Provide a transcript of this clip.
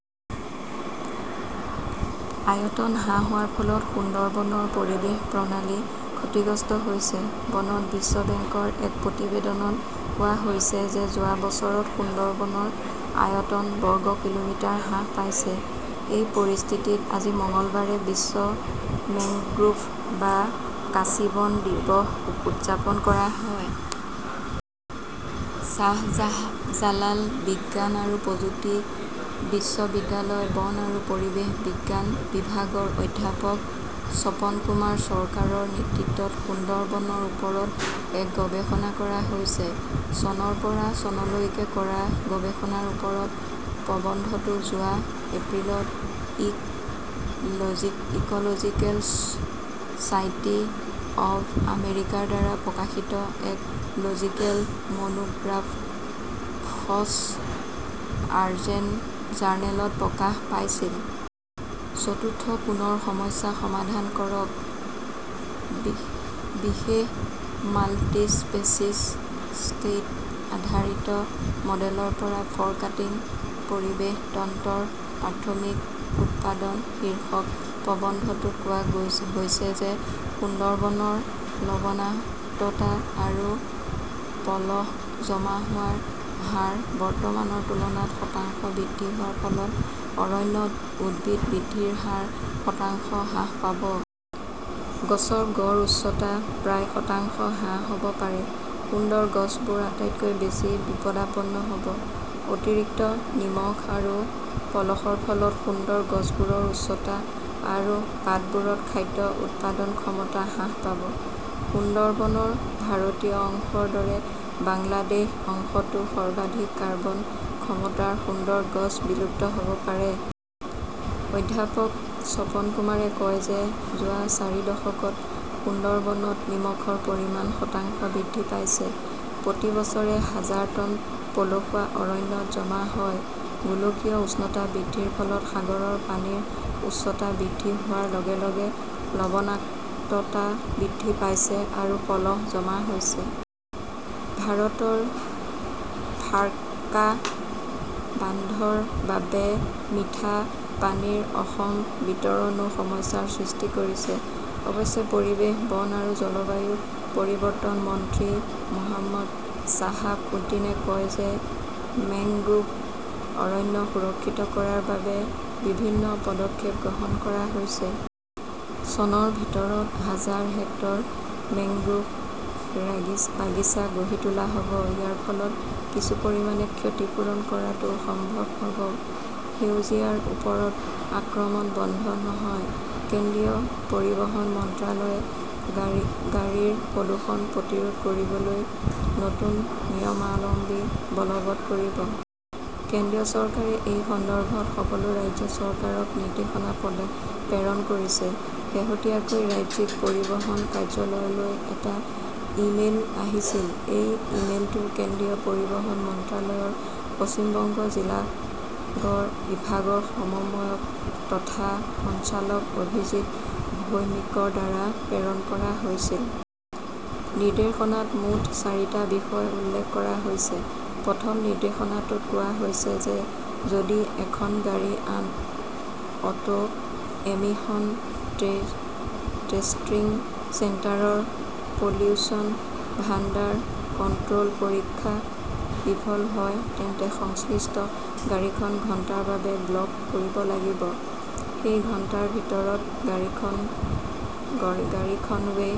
আয়তন হ্ৰাস হোৱাৰ ফলত সুন্দৰবনৰ পৰিৱেশ প্ৰণালী ক্ষতিগ্ৰস্ত হৈছে। চনত বিশ্ব বেংকৰ এক প্ৰতিবেদনত কোৱা হৈছে যে যোৱা বছৰত সুন্দৰবনৰ আয়তন বৰ্গ কিলোমিটাৰ হ্ৰাস পাইছে। এই পৰিস্থিতিত, আজি মঙলবাৰে বিশ্ব মেংগ্ৰোভ বা কাঁচি বন দিৱস উদযাপন কৰা হয়। শ্বাহজালাল বিজ্ঞান আৰু প্ৰযুক্তি বিশ্ববিদ্যালয়ৰ বন আৰু পৰিৱেশ বিজ্ঞান বিভাগৰ অধ্যাপক স্বপন কুমাৰ চৰকাৰৰ নেতৃত্বত সুন্দৰবনৰ ওপৰত এক গৱেষণা কৰা হৈছে। চনৰ পৰা ' চনলৈকে কৰা গৱেষণাৰ ওপৰত প্ৰবন্ধটো যোৱা এপ্ৰিলত "ecological society of আমেৰিকাৰ দ্বাৰা প্ৰকাশিত এক "লজিকেল মনোগ্ৰাফছ জাৰ্নেলত প্ৰকাশ পাইছিল। 'চতুৰ্থ কোণৰ সমস্যা সমাধান কৰকঃ বিশেষ মাল্টিস্পেচিছ ট্ৰেইট-আধাৰিত মডেলৰ পৰা ফৰকাষ্টিং পৰিৱেশ তন্ত্ৰৰ প্ৰাথমিক উৎপাদন "শীৰ্ষক প্ৰবন্ধটোত কোৱা হৈছে যে সুন্দৰবনৰ লবণাক্ততা আৰু পলস জমা হোৱাৰ হাৰ বৰ্তমানৰ তুলনাত শতাংশ বৃদ্ধি হোৱাৰ ফলত অৰণ্যত উদ্ভিদ বৃদ্ধিৰ হাৰ শতাংশ হ্ৰাস পাব। গছৰ গড় উচ্চতা প্ৰায় শতাংশ হ্ৰাস হ "ব পাৰে। সুন্দৰ গছবোৰ আটাইতকৈ বেছি বিপদাপন্ন হ 'ব। অতিৰিক্ত নিমখ আৰু পলসৰ ফলত সুন্দৰ গছবোৰৰ উচ্চতা আৰু পাতবোৰত খাদ্য উৎপাদন ক্ষমতা হ্ৰাস পাব। সুন্দৰবনৰ ভাৰতীয় অংশৰ দৰে বাংলাদেশ অংশতো সৰ্বাধিক কাৰ্বন ক্ষমতাৰ সুন্দৰ গছ বিলুপ্ত হ "ব পাৰে। অধ্যাপক স্বপন কুমাৰে কয় যে যোৱা চাৰি দশকত সুন্দৰবনত নিমখৰ পৰিমাণ শতাংশ বৃদ্ধি পাইছে। প্ৰতি বছৰে হাজাৰ টন পলসুৱা অৰণ্যত জমা হয়। গোলকীয় উষ্ণতা বৃদ্ধিৰ ফলত সাগৰৰ পানীৰ উচ্চতা বৃদ্ধি হোৱাৰ লগে লগে লবণাক্ততা বৃদ্ধি পাইছে আৰু পলস জমা হৈছে। ভাৰতৰ ফাৰক্কা বান্ধৰ বাবে মিঠা পানীৰ অসম বিতৰণো সমস্যাৰ সৃষ্টি কৰিছে। অৱশ্যে, পৰিৱেশ, বন আৰু জলবায়ু পৰিৱৰ্তন মন্ত্ৰী মো. শ্বাহাব উদ্দীনে কয় যে মেংগ্ৰোভ অৰণ্য সুৰক্ষিত কৰাৰ বাবে বিভিন্ন পদক্ষেপ গ্ৰহণ কৰা হৈছে। চনৰ ভিতৰত হাজাৰ হেক্টৰ মেংগ্ৰোভ বাগিচা গঢ়ি তোলা হ 'ব। ইয়াৰ ফলত কিছু পৰিমাণে ক্ষতি পূৰণ কৰাটো সম্ভৱ হ "ব। সেউজীয়াৰ ওপৰত আক্ৰমণ বন্ধ নহয় কেন্দ্ৰীয় পৰিবহণ মন্ত্ৰালয়ে গাড়ীৰ প্ৰদূষণ প্ৰতিৰোধ কৰিবলৈ নতুন নিয়মাৱলী বলৱৎ কৰিব। কেন্দ্ৰীয় চৰকাৰে এই সন্দৰ্ভত সকলো ৰাজ্য চৰকাৰক নিৰ্দেশনা প্ৰেৰণ কৰিছে। শেহতীয়াকৈ ৰাজ্যিক পৰিবহণ কাৰ্যালয়লৈ এটা ইমেইল আহিছিল। এই মেইলটো কেন্দ্ৰীয় পৰিবহণ মন্ত্ৰালয়ৰ পশ্চিম বংগ বিভাগৰ সমন্বয়ক তথা সঞ্চালক অভিজিৎ ভৌমিকৰ দ্বাৰা প্ৰেৰণ কৰা হৈছিল। নিৰ্দেশনাত মুঠ চাৰিটা বিষয় উল্লেখ কৰা হৈছে। প্ৰথম নিৰ্দেশনাটোত কোৱা হৈছে যে যদি এখন গাড়ী 'অটো এমিশন টেষ্টিং চেণ্টাৰ' ৰ 'পলিউশ্যন আণ্ডাৰ কণ্ট্ৰল' পৰীক্ষাত বিফল হয়, তেন্তে সংশ্লিষ্ট গাড়ীখন ঘণ্টাৰ বাবে ব্লক কৰিব লাগিব। সেই ঘণ্টাৰ ভিতৰত গাড়ীখনৱে